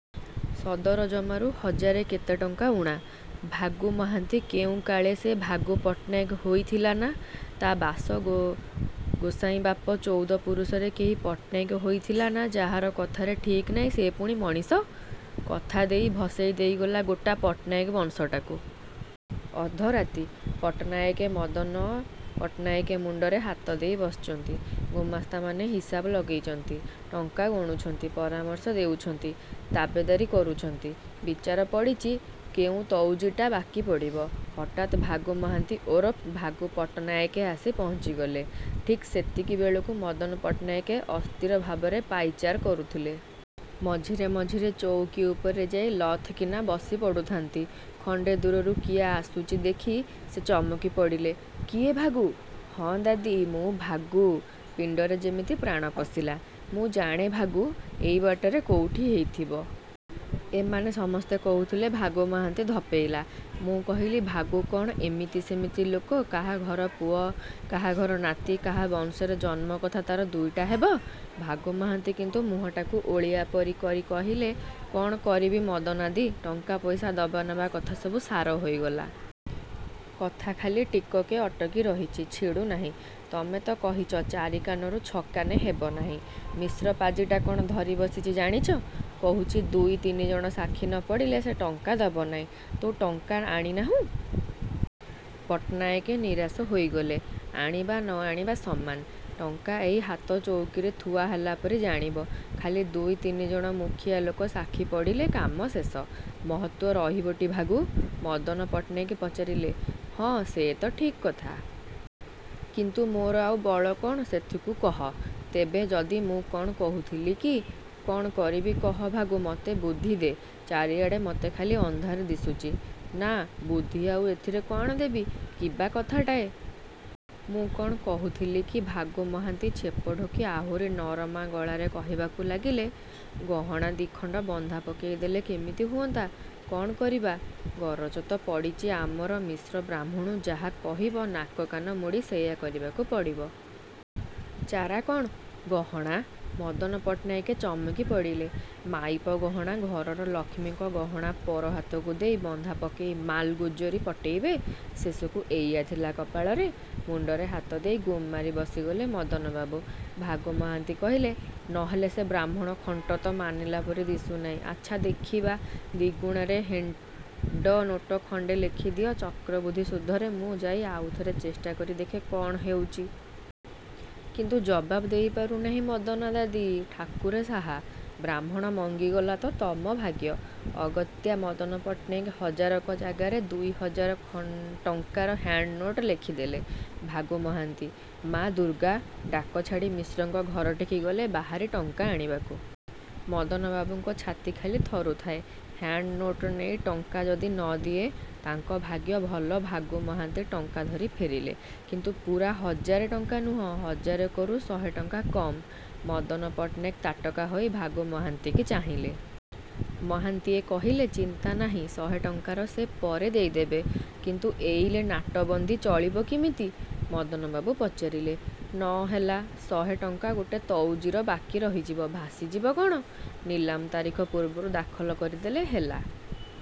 ସଦର ଜମାରୁ ହଜାରେ କେତେ ଟଙ୍କା ଊଣା। ଭାଗୁ ମହାନ୍ତି କେଉଁ କାଳେ ସେ ଭାଗୁ ପଟ୍ଟନାୟକ ହେଇ ଥିଲା ନା–ତା' ବାସ ଗୋସାଇଁବାପ ଚଉଦ ପୁରୁଷରେ କେହି ପଟ୍ଟନାୟକ ହେଇଥିଲା ନା ଯାହାର କଥାରେ ଠିକ୍ ନାହିଁ ସେ ପୁଣି ମଣିଷ! କଥା ଦେଇ ଭସେଇ ଦେଇଗଲା ଗୋଟା ପଟ୍ଟନାୟକ ବଂଶଟାକୁ। ଅଧରାତି। ପଟ୍ଟନାୟକେ ମଦନ ପଟ୍ଟନାୟକେ ମୁଣ୍ଡରେ ହାତ ଦେଇ ବସିଚନ୍ତି। ଗୁମାସ୍ତାମାନେ ହିସାବ ଲଗେଇଚନ୍ତି, ଟଙ୍କା ଗଣୁଚନ୍ତି, ପରାମର୍ଶ ଦେଉଛନ୍ତି, ତାବେଦାରୀ କରୁଛନ୍ତି। ବିଚାର ପଡ଼ିଚି, କୋଉ ତଉଜୀଟା ବାକି ପଡ଼ିବ। ହଠାତ ଭାଗୁ ମହାନ୍ତି ଓରଫ ଭାଗୁ ପଟ୍ଟନାୟକେ ଆସି ପହଞ୍ଚିଗଲେ। ଠିକ୍ ସେତିକି ବେଳକୁ ମଦନ ପଟ୍ଟନାୟକେ ଅସ୍ଥିର ଭାବରେ ପାଇଚାର କରୁଥିଲେ। ମଝିରେ ମଝିରେ ଚଉକି ଉପରେ ଯାଇ ଲଥ କିନା ବସି ପଡ଼ୁଥାନ୍ତି। ଖଣ୍ଡେ ଦୂରରୁ କିଏ ଆସୁଚି ଦେଖି ସେ ଚମକି ପଡ଼ିଲେ''କିଏ ଭାଗୁ? '' ''ହଁ ଦାଦି, ମୁଁ ଭାଗୁ। '' ପିଣ୍ଡରେ ଯେମିତି ପ୍ରାଣ ପଶିଲା। ''ମୁଁ ଜାଣେ ଭାଗୁ ଏଇ ବାଟରେ କୋଉଠି ହେଇଥିବ। ଏମାନେ ସମସ୍ତେ କହୁଥିଲେ ଭାଗୁ ମହାନ୍ତି ଧପେଇଲା। ମୁଁ କହିଲି, ଭାଗୁ କ'ଣ ଇମିତି ସିମିତି ଲୋକ କାହା ଘର ପୁଅ, କାହା ଘର ନାତି, କାହା ବଂଶରେ ଜନ୍ମ କଥା ତା'ର ଦୁଇଟା ହେବ? '' ଭାଗୁ ମହାନ୍ତି କିନ୍ତୁ ମୁହଁଟାକୁ ଓଳିଆ ପରି କରି କହିଲେ କ'ଣ କରିବି ମଦନାଦି, ଟଙ୍କା ପଇସା ଦବାନବା କଥା ସବୁ ସାର ହୋଇଗଲା। କଥା ଖାଲି ଟିକକେ ଅଟକି ରହିଛି। ଛିଡ଼ୁ ନାହିଁ। ତମେ ତ କହିଚ ଚାରି କାନରୁ ଛ' କାନେ ହେବନାହିଁ। ମିଶ୍ର ପାଜିଟା କ'ଣ ଧରିବସିଛି ଜାଣିଛ? କହୁଛି ଦୁଇ ତିନିଜଣ ସାକ୍ଷୀ ନ ପଡ଼ିଲେ ସେ ଟଙ୍କା ଦବ ନାହିଁ। '' ''ତୁ ଟଙ୍କା ଆଣି ନାହୁଁ? ପଟ୍ଟନାୟକେ ନିରାଶ ହେଇଗଲେ। ''ଆଣିବା ନ ଆଣିବା ସମାନ। ଟଙ୍କା ଏଇ ହାତଚଉକିରେ ଥୁଆ ହେଲାପରି ଜାଣିବ, ଖାଲି ଦୁଇ ତିନିଜଣ ମୁଖିଆ ଲୋକ ସାକ୍ଷୀ ପଡ଼ିଲେ କାମ ଶେଷ। '' ''ମହତ୍ତ୍ୱ ରହିବଟି ଭାଗୁ? '' ମଦନ ପଟ୍ଟନାୟକ ପଚାରିଲେ। ''ହଁ, ସେ ତ ଠିକ୍ କଥା। କିନ୍ତୁ ମୋର ଆଉ ବଳ କ'ଣ ସେଥିକୁ କହ। ତେବେ ଯଦି ମୁଁ କ'ଣ କହୁଥିଲି କି''। ''କ'ଣ କରିବି କହ ଭାଗୁ ମୋତେ ବୁଦ୍ଧିଦେ ଚାରିଆଡ଼େ ମୋତେ ଖାଲି ଅନ୍ଧାର ଦିଶୁଛି। '' ''ନା, ବୁଦ୍ଧି ଆଉ ଏଥିରେ କ'ଣ ଦେବି। କିବା କଥାଟାଏ। ମୁଁ କ'ଣ କହୁଥିଲି କି'' ଭାଗୁ ମହାନ୍ତି ଛେପ ଢୋକି ଆହୁରି ନରମା ଗଳାରେ କହିବାକୁ ଲାଗିଲେ, ''ଗହଣା ଦି'ଖଣ୍ଡ ବନ୍ଧା ପକେଇ ଦେଲେ କିମିତି ହୁଅନ୍ତା। କ'ଣ କରିବା? ଗରଜ ତ ପଡ଼ିଚି ଆମର, ମିଶ୍ର ବାହ୍ମୁଣ ଯାହା କହିବ ନାକ କାନ ମୋଡ଼ି ସେଇୟା କରିବାକୁ ପଡ଼ିବ। ଚାରା କ'ଣ? '' ଗହଣା! ମଦନ ପଟ୍ଟନାୟେକେ ଚମକି ପଡ଼ିଲେ। ମାଇପ ଗହଣା ଘରର ଲକ୍ଷ୍ମୀଙ୍କ ଗହଣା ପର ହାତକୁ ଦେଇ, ବନ୍ଧା ପକେଇ ମାଲ୍ ଗୁଜ୍ଜରୀ ପଟେଇବେ! ଶେଷକୁ ଏଇୟା ଥିଲା କପାଳରେ। ମୁଣ୍ଡରେ ହାତଦେଇ ଗୁମ୍ ମାରି ବସିଗଲେ ମଦନବାବୁ। ଭାଗୁ ମହାନ୍ତି କହିଲେ, ''ନ ହେଲେ ସେ ବାହ୍ମୁଣ ଖଣ୍ଟ ତ ମାନିଲା ପରି ଦିଶୁ ନାହିଁ ଆଚ୍ଛା, ଦେଖିବା, ଦିଗୁଣାରେ ହେଣ୍ଡନୋଟ ଖଣ୍ଡେ ଲେଖିଦିଅ ଚକ୍ରବୃଦ୍ଧି ସୁଧରେ ମୁଁ ଯାଇ ଆଉଥରେ ଚେଷ୍ଟା କରି ଦେଖେ କ'ଣ ହେଉଛି। କିନ୍ତୁ ଜବାବ ଦେଇପାରୁ ନାହିଁ ମଦନାଦାଦି। ''ଠାକୁରେ ସାହା। ବ୍ରାହ୍ମଣ ମଙ୍ଗିଗଲା ତ ତମ ଭାଗ୍ୟ। '' ଅଗତ୍ୟା ମଦନ ପଟ୍ଟନାୟକ ହଜାରକ ଜାଗାରେ ଦୁଇ ହଜାର ଟଙ୍କାର ହ୍ୟାଣ୍ଡନୋଟ ଲେଖିଦେଲେ। ଭାଗୁ ମହାନ୍ତି 'ମା ଦୁର୍ଗା! ' ଡାକ ଛାଡ଼ି ମିଶ୍ରଙ୍କ ଘରଠିକି ଗଲେ ବାହାରି ଟଙ୍କା ଆଣିବାକୁ। ମଦନବାବୁଙ୍କ ଛାତି ଖାଲି ଥରୁଥାଏ। ହ୍ୟାଣ୍ଡନୋଟ ନେଇ ଟଙ୍କା ଯଦି ନ ଦିଏ। ତାଙ୍କ ଭାଗ୍ୟ ଭଲ ଭାଗୁ ମହାନ୍ତି ଟଙ୍କା ଧରି ଫେରିଲେ। କିନ୍ତୁ ପୂରା ହଜାରେ ଟଙ୍କା ନୁହେଁ। ହଜାର କରୁ ଶହେ ଟଙ୍କା କମ୍। ମଦନ ପଟ୍ଟନାୟକ ତାଟକା ହୋଇ ଭାଗୁ ମହାନ୍ତିଙ୍କି ଚାହିଁଲେ। ମହାନ୍ତିଏ କହିଲେ''ଚିନ୍ତା ନାହିଁ ଶହେ ଟଙ୍କା ସେ ପରେ ଦେଇ ଦେବେ। '' ''କିନ୍ତୁ ଏଇଲେ ନାଟବନ୍ଦୀ ଚଳିବ କିମିତି? '' ମଦନବାବୁ ପଚାରିଲେ। ''ନ ହେଲା, ଶହେ ଟଙ୍କା ଗୋଟେ ତଉଜୀର ବାକି ରହିଯିବ। ଭାସିଯିବ କ'ଣ? ନିଲାମ ତାରିଖ ପୂର୍ବରୁ ଦାଖଲ କରି ଦେଲେ ହେଲା।